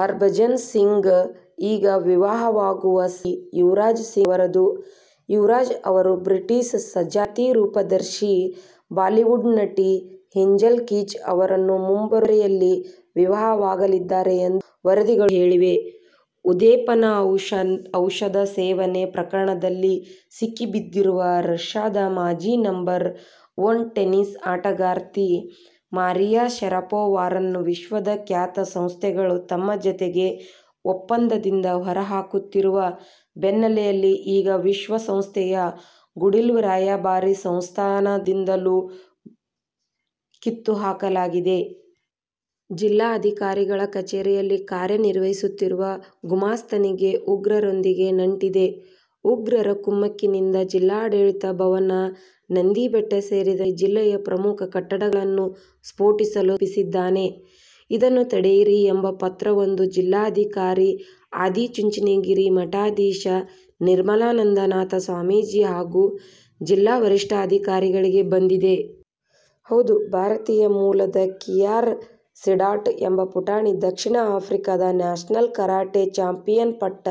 ಹರ್ಭಜನ್ ಸಿಂಗ್ ಬಳಿಕ ಈಗ ವಿವಾಹವಾಗುವ ಸರದಿ ಯುವರಾಜ್ ಸಿಂಗ್ ಅವರದು. ಯುವರಾಜ್ ಅವರು ಬ್ರಿಟಿಷ್ ಸಂಜಾತೆ ರೂಪದರ್ಶಿ, ಬಾಲಿವುಡ್ನಟಿ ಹೇಜೆಲ್ ಕೀಚ್ ಅವರನ್ನು ಮುಂಬರುವ ಫೆಬ್ರವರಿಯಲ್ಲಿ ವಿವಾಹವಾಗಲಿದ್ದಾರೆಂದು ವರದಿಗಳು ಹೇಳಿವೆ. ಉದ್ದೀಪನ ಔಷಧ ಸೇವನೆ ಪ್ರಕರಣದಲ್ಲಿ ಸಿಕ್ಕಿಬಿದ್ದಿರುವ ರಷ್ಯಾದ ಮಾಜಿ ನಂಬರ್ ಒನ್ ಟೆನಿಸ್ ಆಟಗಾರ್ತಿ ಮರಿಯಾ ಶರಪೋವಾರನ್ನು ವಿಶ್ವದ ಖ್ಯಾತ ಸಂಸ್ಥೆಗಳು ತಮ್ಮ ಜತೆಗಿನ ಒಪ್ಪಂದದಿಂದ ಹೊರ ಹಾಕುತ್ತಿರುವ ಬೆನ್ನಲ್ಲೇ ಈಗ ವಿಶ್ವ ಸಂಸ್ಥೆಯ "ಗುಡ್ವಿಲ್ ರಾಯಭಾರಿ' ಸ್ಥಾನದಿಂದಲೂ ಕಿತ್ತು ಹಾಕಲಾಗಿದೆ. "ಜಿಲ್ಲಾಧಿಕಾರಿಗಳ ಕಚೇರಿಯಲ್ಲಿ ಕಾರ್ಯ ನಿರ್ವಹಿಸುತ್ತಿರುವ ಗುಮಾಸ್ತನಿಗೆ ಉಗ್ರರೊಂದಿಗೆ ನಂಟಿದೆ. ಉಗ್ರರ ಕುಮ್ಮಕ್ಕಿನಿಂದ ಜಿಲ್ಲಾಡ ಳಿತ ಭವನ, ನಂದಿಬೆಟ್ಟ ಸೇರಿದಂತೆ ಜಿಲ್ಲೆಯ ಪ್ರಮುಖ ಕಟ್ಟಡಗಳನ್ನು ಸ್ಫೋಟಿಸಲು ಸಂಚು ರೂಪಿಸಿದ್ದಾನೆ. ಇದನ್ನು ತಡೆಯಿರಿ' ಎಂಬ ಪತ್ರ ವೊಂದು ಜಿಲ್ಲಾಧಿಕಾರಿ, ಆದಿಚುಂಚನಗಿರಿ ಮಠಾಧೀಶ ನಿರ್ಮಲಾನಂದ ನಾಥ ಸ್ವಾಮೀಜಿ ಹಾಗೂ ಜಿಲ್ಲಾ ವರಿಷ್ಠಾಧಿಕಾರಿಗಳಿಗೆ ಬಂದಿದೆ. ಹೌದು ಭಾರತೀಯ ಮೂಲದ ಖಿಯಾರಾ ಸೀಡಾಟ್ ಎಂಬ ಪುಟಾಣಿ ದಕ್ಷಿಣ ಆಫ್ರಿಕಾದ ನ್ಯಾಷನಲ್ ಕರಾಟೆ ಚಾಂಪಿಯನ್ ಪಟ್ಟ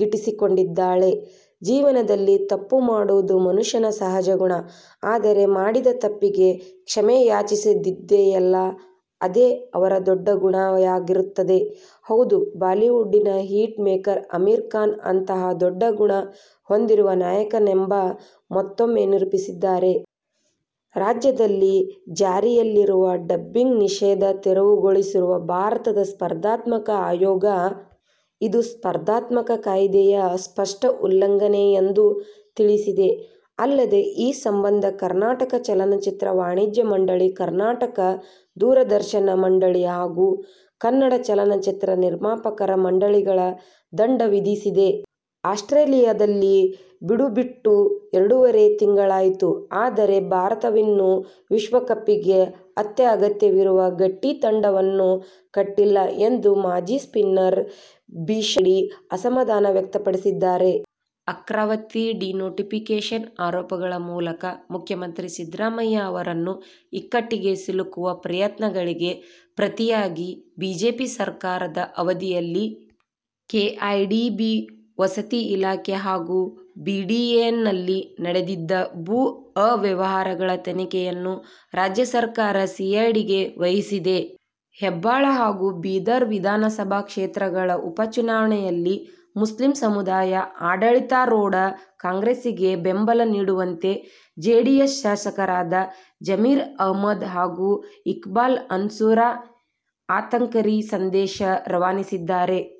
ಗಿಟಿಸಿಕೊಂಡಿದ್ದಾಳೆ! ಜೀವನದಲ್ಲಿ ತಪ್ಪುಮಾಡುವುದು ಮನುಷ್ಯನ ಸಹಜ ಗುಣ, ಆದರೆ ಮಾಡಿದ ತಪ್ಪಿಗೆ ಕ್ಷಮೆಯಾಚಿಸುದಿದೆಯಲ್ಲಾ ಅದೇ ಅವರ ದೊಡ್ಡ ಗುಣವಾಗಿರುತ್ತದೆ. ಹೌದು ಬಾಲಿವುಡ್ ನ ಹಿಟ್ ಮೇಕರ್ ಅಮೀರ್ ಖಾನ್ ಅಂತಹ ದೊಡ್ಡ ಗುಣ ಹೊಂದಿರುವ ನಾಯಕನೆಂದು ಮತ್ತೊಮ್ಮೆ ನಿರೂಪಿಸಿದ್ದಾರೆ. ರಾಜ್ಯದಲ್ಲಿ ಜಾರಿಯಲ್ಲಿರುವ ಡಬ್ಬಿಂಗ್ ನಿಷೇಧ ತೆರವುಗೊಳಿಸಿರುವ ಭಾರತ ಸ್ಪರ್ಧಾತ್ಮಕ ಆಯೋಗ, ಇದು ಸ್ಮರ್ಧಾತ್ಮಕ ಕಾಯ್ದೆಯ ಸ್ಪಷ್ಟ ಉಲ್ಲಂಘನೆ ಎಂದು ತಿಳಿಸಿದೆ. ಅಲ್ಲದೆ, ಈ ಸಂಬಂಧ ಕರ್ನಾಟಕ ಚಲನಚಿತ್ರ ವಾಣಿಜ್ಯ ಮಂಡಳಿ, ಕರ್ನಾಟಕ ದೂರದರ್ಶನ ಮಂಡಳಿ ಹಾಗೂ ಕನ್ನಡ ಚಲನಚಿತ್ರ ನಿರ್ಮಾಪಕರ ಮಂಡಳಿಗಳಿಗೆ ದಂಡ ವಿಧಿಸಿದೆ. ಆಸ್ಟ್ರೇಲಿಯದಲ್ಲಿ ಬೀಡುಬಿಟ್ಟು ಎರಡೂವರೆ ತಿಂಗಳಾಯಿತು, ಆದರೆ ಭಾರತವಿನ್ನೂ ವಿಶ್ವಕಪ್ಗೆ ಅತ್ಯಗತ್ಯವಿರುವ ಗಟ್ಟಿ ತಂಡವನ್ನು ಕಟ್ಟಿಲ್ಲ ಎಂದು ಮಾಜಿ ಸ್ಪಿನ್ನರ್ ಬಿಷನ್ ಸಿಂಗ್ ಬೇಡಿ ಅಸಮಾಧಾನ ವ್ಯಕ್ತಪಡಿಸಿದ್ದಾರೆ. ಅರ್ಕಾವತಿ ಡಿನೋಟಿಫಿಕೇಷನ್ ಆರೋಪಗಳ ಮೂಲಕ ಮುಖ್ಯಮಂತ್ರಿ ಸಿದ್ದರಾಮಯ್ಯ ಅವರನ್ನು ಇಕ್ಕಟ್ಟಿಗೆ ಸಿಲುಕಿಸುವ ಪ್ರಯತ್ನಗಳಿಗೆ ಪ್ರತಿಯಾಗಿ ಬಿಜೆಪಿ ಸರ್ಕಾರದ ಅವಧಿಯಲ್ಲಿ ಕೆಐಎಡಿಬಿ, ವಸತಿ ಇಲಾಖೆ ಹಾಗೂ ಬಿಡಿಎನಲ್ಲಿ ನಡೆದಿದ್ದ ಭೂ ಅವ್ಯವಹಾರಗಳ ತನಿಖೆ ಯನ್ನು ರಾಜ್ಯ ಸರ್ಕಾರ ಸಿಐಡಿಗೆ ವಹಿಸಿದೆ. ಹೆಬ್ಟಾಳ ಹಾಗೂ ಬೀದರ್ ವಿಧಾನಸಭಾ ಕ್ಷೇತ್ರಗಳ ಉಪಚುನಾವಣೆಯಲ್ಲಿ ಮುಸ್ಲಿಂ ಸಮುದಾಯವು ಆಡಳಿತಾರೂಢ ಕಾಂಗ್ರೆಸ್ಸಿಗೆ ಬೆಂಬಲ ನೀಡುವಂತೆ ಜೆಡಿಎಸ್ ಶಾಸಕರಾದ ಜಮೀರ್ ಅಹಮದ್ ಹಾಗೂ ಇಕ್ಬಾಲ್ ಅನ್ಸಾರಿ ಆಂತರಿಕ ಸಂದೇಶ ರವಾನಿಸಿದ್ದಾರೆ.